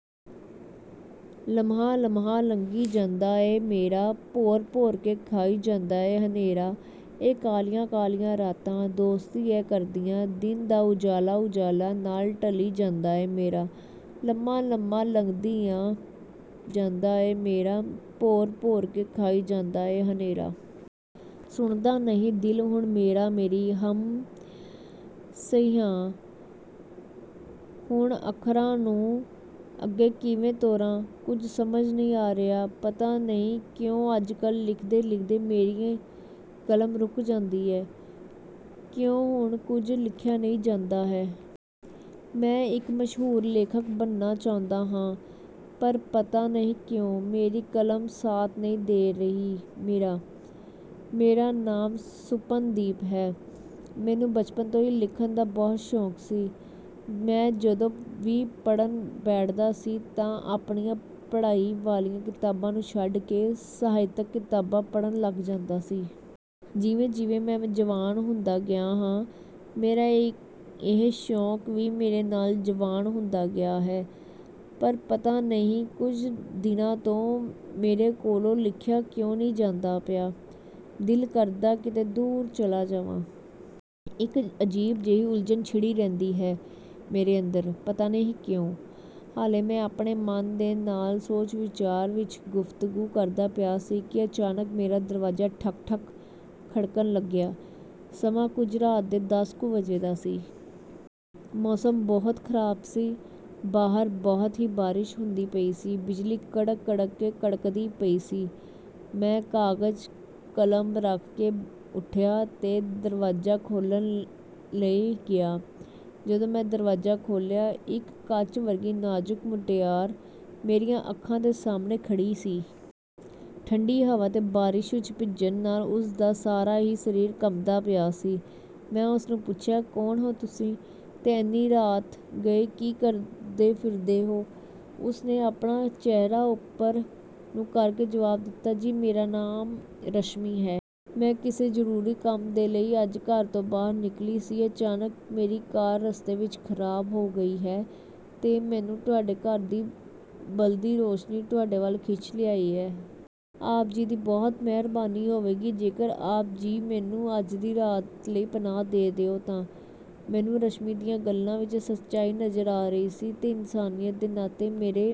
ਲੰਮਹਾ-ਲੰਮਹਾ ਲੰਘੀ ਜਾਂਦਾ ਐ ਮੇਰਾ, ਭੌਰ-ਭੌਰ ਕੇ ਖਾਈ ਜਾਂਦਾ ਐ ਹਨੇਰਾ। ਏ ਕਾਲੀਆਂ-ਕਾਲੀਆਂ ਰਾਤਾਂ ਦੋਸਤੀ ਐ ਕਰਦੀਆਂ, ਦਿਨ ਦਾ ਉਜਾਲਾ-ਉਜਾਲਾ ਨਾਲ ਢਲੀ ਜਾਂਦਾ ਐ ਮੇਰਾ। ਲੰਮਾ-ਲੰਮਾ ਲੰਦੀ ਐ ਜਾਂਦਾ ਐ ਮੇਰਾ, ਭੌਰ-ਭੌਰ ਕੇ ਖਾਈ ਜਾਂਦਾ ਐ ਹਨੇਰਾ। ਸੁਣਦਾ ਨਹੀਂ ਦਿਲ ਹੁਣ ਮੇਰਾ ਮੇਰੀ। "ਹਮ... ਸਈ ਆ। ਹੁਣ ਅੱਖਰਾਂ ਨੂੰ ਅੱਗੇ ਕਿਵੇਂ ਤੋਰਾਂ, ਕੁਝ ਸਮਝ ਨਹੀਂ ਆ ਰਿਹਾ। ਪਤਾ ਨਹੀਂ ਕਿਉਂ ਅੱਜ-ਕੱਲ੍ਹ ਲਿਖਦੇ-ਲਿਖਦੇ ਮੇਰੀ ਕਲਮ ਰੁਕ ਜਾਂਦੀ ਐ। ਕਿਉਂ ਹੁਣ ਕੁਝ ਲਿਖਿਆ ਨਹੀਂ ਜਾਂਦਾ ਹੈ।" "ਮੈਂ ਇੱਕ ਮਸ਼ਹੂਰ ਲੇਖਕ ਬਣਨਾ ਚਾਹੁੰਦਾ ਹਾਂ।" ਪਰ ਪਤਾ ਨਹੀਂ ਕਿਉਂ? ਮੇਰੀ ਕਲਮ ਸਾਥ ਨਹੀਂ ਦੇ ਰਹੀ ਮੇਰਾ। "ਮੇਰਾ ਨਾਮ ਸੁਪਨਦੀਪ ਹੈ।" ਮੈਨੂੰ ਬਚਪਨ ਤੋਂ ਹੀ ਲਿਖਣ ਦਾ ਬਹੁਤ ਸ਼ੌਂਕ ਸੀ। ਮੈਂ ਜਦੋਂ ਵੀ ਪੜ੍ਹਨ ਬੈਠਦਾ ਸੀ ਤਾਂ ਆਪਣੀਆਂ ਪੜ੍ਹਾਈ ਵਾਲੀਆਂ ਕਿਤਾਬਾਂ ਨੂੰ ਛੱਡ ਕੇ ਸਾਹਿਤਕ ਕਿਤਾਬਾਂ ਪੜ੍ਹਨ ਲੱਗ ਜਾਂਦਾ ਸੀ। ਜਿਵੇਂ-ਜਿਵੇਂ ਮੈਂ ਜਵਾਨ ਹੁੰਦਾ ਗਿਆ ਹਾਂ, ਮੇਰਾ ਇਹ ਸ਼ੌਂਕ ਵੀ ਮੇਰੇ ਨਾਲ ਜਵਾਨ ਹੁੰਦਾ ਗਿਆ ਹੈ। ਪਰ ਪਤਾ ਨਹੀਂ ਕੁਝ ਦਿਨਾਂ ਤੋਂ ਮੇਰੇ ਕੋਲੋਂ ਲਿਖਿਆ ਕਿਉਂ ਨਹੀਂ ਜਾਂਦਾ ਪਿਆ। ਦਿਲ ਕਰਦਾ ਕਿਤੇ ਦੂਰ ਚਲਾ ਜਾਵਾਂ। ਇੱਕ ਅਜੀਬ ਜਿਹੀ ਉਲਝਣ ਛਿੜੀ ਰਹਿੰਦੀ ਹੈ ਮੇਰੇ ਅੰਦਰ। ਪਤਾ ਨਹੀਂ ਕਿਉਂ। ਹਾਲੇ ਮੈਂ ਆਪਣੇ ਮਨ ਦੇ ਨਾਲ ਸੋਚ-ਵਿਚਾਰ ਵਿੱਚ ਗੁਫ਼ਤਗੂ ਕਰਦਾ ਪਿਆ ਸੀ ਕਿ ਅਚਾਨਕ ਮੇਰਾ ਦਰਵਾਜ਼ਾ ਠਕ-ਠਕ ਖੜਕਣ ਲੱਗਿਆ। ਸਮਾਂ ਕੁਝ ਰਾਤ ਦੇ ਦਸ ਕੁ ਵਜੇ ਦਾ ਸੀ। ਮੌਸਮ ਬਹੁਤ ਖ਼ਰਾਬ ਸੀ। ਬਾਹਰ ਬਹੁਤ ਹੀ ਬਾਰਿਸ਼ ਹੁੰਦੀ ਪਈ ਸੀ। ਬਿਜਲੀ ਕੜਕ-ਕੜਕ ਕੇ ਕੜਕਦੀ ਪਈ ਸੀ। ਮੈਂ ਕਾਗਜ਼-ਕਲਮ ਰੱਖ ਕੇ ਉੱਠਿਆ ਤੇ ਦਰਵਾਜ਼ਾ ਖੋਲ੍ਹਣ ਲਈ ਗਿਆ। ਜਦੋਂ ਮੈਂ ਦਰਵਾਜ਼ਾ ਖੋਲ੍ਹਿਆ, ਇੱਕ ਕੱਚ ਵਰਗੀ ਨਾਜ਼ੁਕ ਮੁਟਿਆਰ ਮੇਰੀਆਂ ਅੱਖਾਂ ਦੇ ਸਾਹਮਣੇ ਖੜ੍ਹੀ ਸੀ। ਠੰਡੀ ਹਵਾ ਤੇ ਬਾਰਿਸ਼ ਵਿੱਚ ਭਿੱਜਣ ਨਾਲ ਉਸਦਾ ਸਾਰਾ ਹੀ ਸਰੀਰ ਕੰਬਦਾ ਪਿਆ ਸੀ। ਮੈਂ ਉਸਨੂੰ ਪੁੱਛਿਆ, "ਕੌਣ ਹੋ ਤੁਸੀਂ? ਤੇ ਇੰਨੀ ਰਾਤ ਗਈ ਕੀ ਕਰਦੇ ਫਿਰਦੇ ਹੋ?" ਉਸਨੇ ਆਪਣਾ ਚਿਹਰਾ ਉੱਪਰ ਨੂੰ ਕਰਕੇ ਜਵਾਬ ਦਿੱਤਾ, "ਜੀ, ਮੇਰਾ ਨਾਮ ਰਸ਼ਮੀ ਹੈ। ਮੈਂ ਕਿਸੇ ਜ਼ਰੂਰੀ ਕੰਮ ਦੇ ਲਈ ਅੱਜ ਘਰ ਤੋਂ ਬਾਹਰ ਨਿਕਲੀ ਸੀ। ਅਚਾਨਕ ਮੇਰੀ ਕਾਰ ਰਸਤੇ ਵਿੱਚ ਖ਼ਰਾਬ ਹੋ ਗਈ ਹੈ ਤੇ ਮੈਨੂੰ ਤੁਹਾਡੇ ਘਰ ਦੀ ਬਲਦੀ ਰੌਸ਼ਨੀ ਤੁਹਾਡੇ ਵੱਲ ਖਿੱਚ ਲਿਆਈ ਹੈ। ਆਪ ਜੀ ਦੀ ਬਹੁਤ ਮਿਹਰਬਾਨੀ ਹੋਵੇਗੀ, ਜੇਕਰ ਆਪ ਜੀ ਮੈਨੂੰ ਅੱਜ ਦੀ ਰਾਤ ਲਈ ਪਨਾਹ ਦੇ ਦਿਓ ਤਾਂ।" ਮੈਨੂੰ ਰਸ਼ਮੀ ਦੀਆਂ ਗੱਲਾਂ ਵਿੱਚ ਸੱਚਾਈ ਨਜ਼ਰ ਆ ਰਹੀ ਸੀ ਤੇ ਇਨਸਾਨੀਅਤ ਦੇ ਨਾਤੇ ਮੇਰੇ…